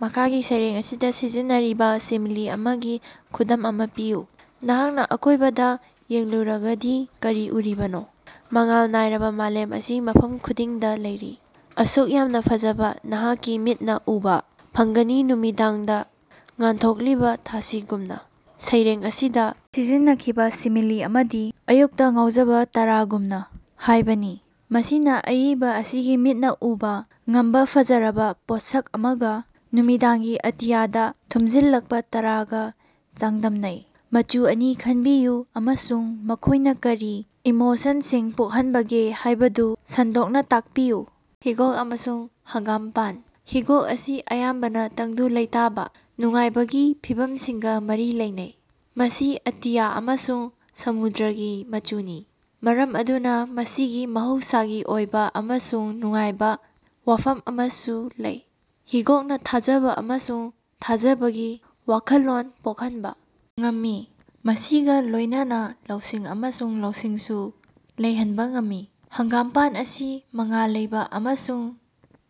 ꯃꯈꯥꯒꯤ ꯁꯩꯔꯦꯡ ꯑꯁꯤꯗ ꯁꯤꯖꯤꯟꯅꯔꯤꯕ ꯁꯤꯃꯤꯂꯤ ꯑꯃꯒꯤ ꯈꯨꯗꯝ ꯑꯃ ꯄꯤꯌꯨ꯫ "ꯅꯍꯥꯛꯅ ꯑꯀꯣꯏꯕꯗ ꯌꯦꯡꯂꯨꯔꯒꯗꯤ ꯀꯔꯤ ꯎꯔꯤꯕꯅꯣ? ꯃꯉꯥꯜ ꯅꯥꯏꯔꯕ ꯃꯥꯂꯦꯝ ꯑꯁꯤ ꯃꯐꯝ ꯈꯨꯗꯤꯡꯗ ꯂꯩꯔꯤ꯫ ꯑꯁꯨꯛ ꯌꯥꯝꯅ ꯐꯖꯕ ꯅꯍꯥꯛꯀꯤ ꯃꯤꯠꯅ ꯎꯕ ꯐꯪꯒꯅꯤ ꯅꯨꯃꯤꯗꯥꯡꯗ ꯉꯥꯟꯊꯣꯛꯂꯤꯕ ꯊꯥꯁꯤꯡꯒꯨꯝꯅ"꯫ ꯁꯩꯔꯦꯡ ꯑꯁꯤꯗ ꯁꯤꯖꯤꯟꯅꯈꯤꯕ ꯁꯤꯃꯤꯂꯤ ꯑꯃꯗꯤ " ꯑꯌꯨꯛꯇ ꯉꯥꯎꯖꯕ ꯇꯔꯥꯒꯨꯝꯅ" ꯍꯥꯏꯕꯅꯤ꯫ ꯃꯁꯤꯅ ꯑꯏꯕ ꯑꯁꯤꯒꯤ ꯃꯤꯠꯅ ꯎꯕ ꯉꯝꯕ ꯐꯖꯔꯕ ꯄꯣꯠꯁꯛ ꯑꯃꯒ ꯅꯨꯃꯤꯗꯥꯡꯒꯤ ꯑꯇꯤꯌꯥꯗ ꯊꯨꯝꯖꯤꯜꯂꯛꯄ ꯇꯔꯥꯒ ꯆꯥꯡꯗꯝꯅꯩ꯫ ꯃꯆꯨ ꯑꯅꯤ ꯈꯟꯕꯤꯌꯨ ꯑꯃꯁꯨꯡ ꯃꯈꯣꯏꯅ ꯀꯔꯤ ꯏꯃꯣꯁꯟꯁꯤꯡ ꯄꯣꯛꯍꯟꯕꯒꯦ ꯍꯥꯏꯕꯗꯨ ꯁꯟꯗꯣꯛꯅ ꯇꯥꯛꯄꯤꯌꯨ꯫ ꯍꯤꯒꯣꯛ ꯑꯃꯁꯨꯡ ꯍꯪꯒꯥꯝꯄꯥꯟ꯫ ꯍꯤꯒꯣꯛ ꯑꯁꯤ ꯑꯌꯥꯝꯕꯅ ꯇꯪꯗꯨ ꯂꯩꯇꯥꯕ, ꯅꯨꯡꯉꯥꯏꯕꯒꯤ ꯐꯤꯚꯝꯁꯤꯡꯒ ꯃꯔꯤ ꯂꯩꯅꯩ꯫ ꯃꯁꯤ ꯑꯇꯤꯌꯥ ꯑꯃꯁꯨꯡ ꯁꯃꯨꯗ꯭ꯔꯒꯤ ꯃꯆꯨꯅꯤ꯫ ꯃꯔꯝ ꯑꯗꯨꯅ ꯃꯁꯤꯒꯤ ꯃꯍꯧꯁꯥꯒꯤ ꯑꯣꯏꯕ ꯑꯃꯁꯨꯡ ꯅꯨꯡꯉꯥꯏꯕ ꯋꯥꯐꯝ ꯑꯃꯁꯨ ꯂꯩ꯫ ꯍꯤꯒꯣꯛꯅ ꯊꯥꯖꯕ ꯑꯃꯁꯨꯡ ꯊꯥꯖꯕꯒꯤ ꯋꯥꯈꯜꯂꯣꯟ ꯄꯣꯛꯍꯟꯕ ꯉꯝꯃꯤ꯫ ꯃꯁꯤꯒ ꯂꯣꯏꯅꯅ ꯂꯧꯁꯤꯡ ꯑꯃꯁꯨꯡ ꯂꯧꯁꯤꯡꯁꯨ ꯂꯩꯍꯟꯕ ꯉꯝꯃꯤ꯫ ꯍꯪꯒꯥꯝꯄꯥꯟ ꯑꯁꯤ ꯃꯉꯥꯜ ꯂꯩꯕ ꯑꯃꯁꯨꯡ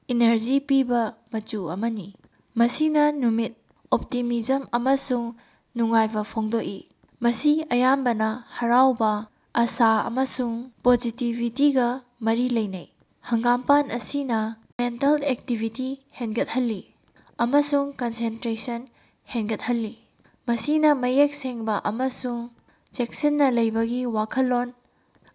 ꯏꯅꯔꯖꯤ ꯄꯤꯕ ꯃꯆꯨ ꯑꯃꯅꯤ꯫ ꯃꯁꯤꯅ ꯅꯨꯃꯤꯠ, ꯑꯣꯞꯇꯤꯃꯤꯖꯝ ꯑꯃꯁꯨꯡ ꯅꯨꯡꯉꯥꯏꯕ ꯐꯣꯡꯗꯣꯛꯏ꯫ ꯃꯁꯤ ꯑꯌꯥꯝꯕꯅ ꯍꯔꯥꯎꯕ, ꯑꯁꯥ ꯑꯃꯁꯨꯡ ꯄꯣꯖꯤꯇꯤꯚꯤꯇꯤꯒ ꯃꯔꯤ ꯂꯩꯅꯩ꯫ ꯍꯪꯒꯥꯝꯄꯥꯟ ꯑꯁꯤꯅ ꯃꯦꯟꯇꯜ ꯑꯦꯛꯇꯤꯚꯤꯇꯤ ꯍꯦꯟꯒꯠꯍꯜꯂꯤ ꯑꯃꯁꯨꯡ ꯀꯟꯁꯦꯟꯇ꯭ꯔꯦꯁꯟ ꯍꯦꯟꯒꯠꯍꯜꯂꯤ꯫ ꯃꯁꯤꯅ ꯃꯌꯦꯛ ꯁꯦꯡꯕ ꯑꯃꯁꯨꯡ ꯆꯦꯛꯁꯤꯟꯅ ꯂꯩꯕꯒꯤ ꯋꯥꯈꯜꯂꯣꯟ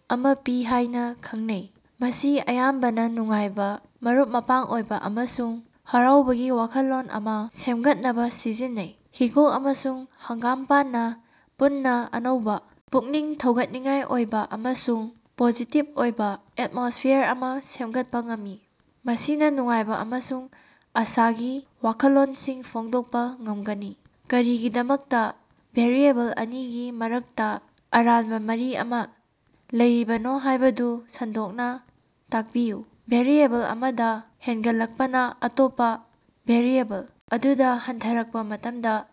ꯑꯃ ꯄꯤ ꯍꯥꯏꯅ ꯈꯪꯅꯩ꯫ ꯃꯁꯤ ꯑꯌꯥꯝꯕꯅ ꯅꯨꯡꯉꯥꯏꯕ, ꯃꯔꯨꯞ-ꯃꯄꯥꯡ ꯑꯣꯏꯕ ꯑꯃꯁꯨꯡ ꯍꯔꯥꯎꯕꯒꯤ ꯋꯥꯈꯜꯂꯣꯟ ꯑꯃ ꯁꯦꯝꯒꯠꯅꯕ ꯁꯤꯖꯤꯟꯅꯩ꯫ ꯍꯤꯒꯣꯛ ꯑꯃꯁꯨꯡ ꯍꯪꯒꯥꯝꯄꯥꯟꯅ ꯄꯨꯟꯅ ꯑꯅꯧꯕ, ꯄꯨꯛꯅꯤꯡ ꯊꯧꯒꯠꯅꯤꯡꯉꯥꯏ ꯑꯣꯏꯕ ꯑꯃꯁꯨꯡ ꯄꯣꯖꯤꯇꯤꯚ ꯑꯣꯏꯕ ꯑꯦꯠꯃꯣꯁ꯭ꯐꯤꯌꯔ ꯑꯃ ꯁꯦꯝꯒꯠꯄ ꯉꯝꯃꯤ꯫ ꯃꯁꯤꯅ ꯅꯨꯡꯉꯥꯏꯕ ꯑꯃꯁꯨꯡ ꯑꯁꯥꯒꯤ ꯋꯥꯈꯜꯂꯣꯟꯁꯤꯡ ꯐꯣꯡꯗꯣꯛꯄ ꯉꯝꯒꯅꯤ꯫ ꯀꯔꯤꯒꯤꯗꯃꯛꯇ ꯚꯦꯔꯤꯑꯦꯕꯜ ꯑꯅꯤꯒꯤ ꯃꯔꯛꯇ ꯑꯔꯥꯟꯕ ꯃꯔꯤ ꯑꯃ ꯂꯩꯔꯤꯕꯅꯣ ꯍꯥꯏꯕꯗꯨ ꯁꯟꯗꯣꯛꯅ ꯇꯥꯛꯄꯤꯌꯨ꯫ ꯚꯦꯔꯤꯑꯦꯕꯜ ꯑꯃꯗ ꯍꯦꯟꯒꯠꯂꯛꯄꯅ ꯑꯇꯣꯞꯄ ꯚꯦꯔꯤꯑꯦꯕꯜ ꯑꯗꯨꯗ ꯍꯟꯊꯔꯛꯄ ꯃꯇꯝꯗ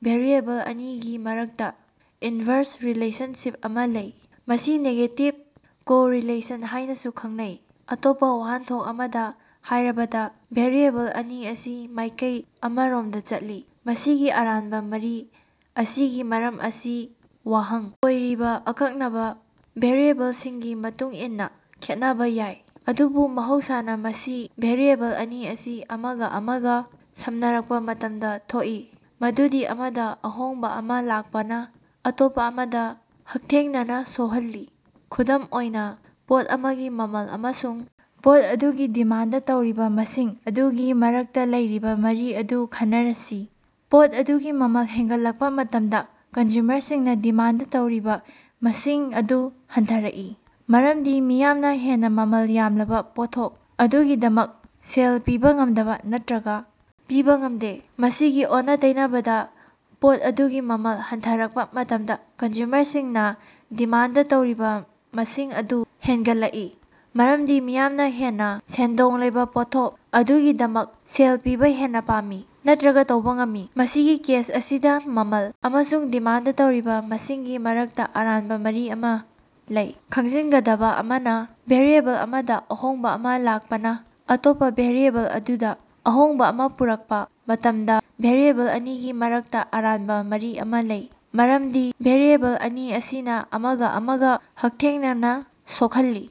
ꯚꯦꯔꯤꯑꯦꯕꯜ ꯑꯅꯤꯒꯤ ꯃꯔꯛꯇ ꯏꯟꯚꯔꯁ ꯔꯤꯂꯦꯁꯟꯁꯤꯞ ꯑꯃ ꯂꯩ ꯫ ꯃꯁꯤ ꯅꯦꯒꯦꯇꯤꯚ ꯀꯣꯔꯤꯂꯦꯁꯟ ꯍꯥꯏꯅꯁꯨ ꯈꯪꯅꯩ꯫ ꯑꯇꯣꯞꯄ ꯋꯥꯍꯟꯊꯣꯛ ꯑꯃꯗ ꯍꯥꯏꯔꯕꯗ, ꯚꯦꯔꯤꯑꯦꯕꯜ ꯑꯅꯤ ꯑꯁꯤ ꯃꯥꯏꯀꯩ ꯑꯃꯔꯣꯝꯗ ꯆꯠꯂꯤ꯫ ꯃꯁꯤꯒꯤ ꯑꯔꯥꯟꯕ ꯃꯔꯤ ꯑꯁꯤꯒꯤ ꯃꯔꯝ ꯑꯁꯤ ꯋꯥꯍꯪ ꯑꯣꯏꯔꯤꯕ ꯑꯀꯛꯅꯕ ꯚꯦꯔꯤꯑꯦꯕꯜꯁꯤꯡꯒꯤ ꯃꯇꯨꯡ ꯏꯟꯅ ꯈꯦꯠꯅꯕ ꯌꯥꯏ, ꯑꯗꯨꯕꯨ ꯃꯍꯧꯁꯥꯅ ꯃꯁꯤ ꯚꯦꯔꯤꯑꯦꯕꯜ ꯑꯅꯤ ꯑꯁꯤ ꯑꯃꯒ ꯑꯃꯒ ꯁꯝꯅꯔꯛꯄ ꯃꯇꯝꯗ ꯊꯣꯛꯏ꯫ ꯃꯗꯨꯗꯤ ꯑꯃꯗ ꯑꯍꯣꯡꯕ ꯑꯃ ꯂꯥꯛꯄꯅ ꯑꯇꯣꯞꯄ ꯑꯃꯗ ꯍꯛꯊꯦꯡꯅꯅ ꯁꯣꯍꯜꯂꯤ꯫ ꯈꯨꯗꯝ ꯑꯣꯏꯅ, ꯄꯣꯠ ꯑꯃꯒꯤ ꯃꯃꯜ ꯑꯃꯁꯨꯡ ꯄꯣꯠ ꯑꯗꯨꯒꯤ ꯗꯤꯃꯥꯟꯗ ꯇꯧꯔꯤꯕ ꯃꯁꯤꯡ ꯑꯗꯨꯒꯤ ꯃꯔꯛꯇ ꯂꯩꯔꯤꯕ ꯃꯔꯤ ꯑꯗꯨ ꯈꯟꯅꯔꯁꯤ꯫ ꯄꯣꯠ ꯑꯗꯨꯒꯤ ꯃꯃꯜ ꯍꯦꯟꯒꯠꯂꯛꯄ ꯃꯇꯝꯗ ꯀꯟꯖ꯭ꯌꯨꯃꯔꯁꯤꯡꯅ ꯗꯤꯃꯥꯟꯗ ꯇꯧꯔꯤꯕ ꯃꯁꯤꯡ ꯑꯗꯨ ꯍꯟꯊꯔꯛꯏ꯫ ꯃꯔꯝꯗꯤ ꯃꯤꯌꯥꯝꯅ ꯍꯦꯟꯅ ꯃꯃꯜ ꯌꯥꯝꯂꯕ ꯄꯣꯠꯊꯣꯛ ꯑꯗꯨꯒꯤꯗꯃꯛ ꯁꯦꯜ ꯄꯤꯕ ꯉꯝꯗꯕ ꯅꯠꯇ꯭ꯔꯒ ꯄꯤꯕ ꯉꯝꯗꯦ꯫ ꯃꯁꯤꯒꯤ ꯑꯣꯟꯅ-ꯇꯩꯅꯕꯗ ꯄꯣꯠ ꯑꯗꯨꯒꯤ ꯃꯃꯜ ꯍꯟꯊꯔꯛꯄ ꯃꯇꯝꯗ ꯀꯟꯖ꯭ꯌꯨꯃꯔꯁꯤꯡꯅ ꯗꯤꯃꯥꯟꯗ ꯇꯧꯔꯤꯕ ꯃꯁꯤꯡ ꯑꯗꯨ ꯍꯦꯟꯒꯠꯂꯛꯏ, ꯃꯔꯝꯗꯤ ꯃꯤꯌꯥꯝꯅ ꯍꯦꯟꯅ ꯁꯦꯟꯗꯣꯡ ꯂꯩꯕ ꯄꯣꯠꯊꯣꯛ ꯑꯗꯨꯒꯤꯗꯃꯛ ꯁꯦꯜ ꯄꯤꯕ ꯍꯦꯟꯅ ꯄꯥꯝꯃꯤ ꯅꯠꯇ꯭ꯔꯒ ꯇꯧꯕ ꯉꯝꯃꯤ꯫ ꯃꯁꯤꯒꯤ ꯀꯦꯁ ꯑꯁꯤꯗ ꯃꯃꯜ ꯑꯃꯁꯨꯡ ꯗꯤꯃꯥꯟꯗ ꯇꯧꯔꯤꯕ ꯃꯁꯤꯡꯒꯤ ꯃꯔꯛꯇ ꯑꯔꯥꯟꯕ ꯃꯔꯤ ꯑꯃ ꯂꯩ꯫ ꯈꯪꯖꯤꯟꯒꯗꯕ ꯑꯃꯅ, ꯚꯦꯔꯤꯑꯦꯕꯜ ꯑꯃꯗ ꯑꯍꯣꯡꯕ ꯑꯃ ꯂꯥꯛꯄꯅ ꯑꯇꯣꯞꯄ ꯚꯦꯔꯤꯑꯦꯕꯜ ꯑꯗꯨꯗ ꯑꯍꯣꯡꯕ ꯑꯃ ꯄꯨꯔꯛꯄ ꯃꯇꯝꯗ ꯚꯦꯔꯤꯑꯦꯕꯜ ꯑꯅꯤꯒꯤ ꯃꯔꯛꯇ ꯑꯔꯥꯟꯕ ꯃꯔꯤ ꯑꯃ ꯂꯩ꯫ ꯃꯔꯝꯗꯤ ꯚꯦꯔꯤꯑꯦꯕꯜ ꯑꯅꯤ ꯑꯁꯤꯅ ꯑꯃꯒ ꯑꯃꯒ ꯍꯛꯊꯦꯡꯅꯅ ꯁꯣꯛꯍꯜꯂꯤ꯫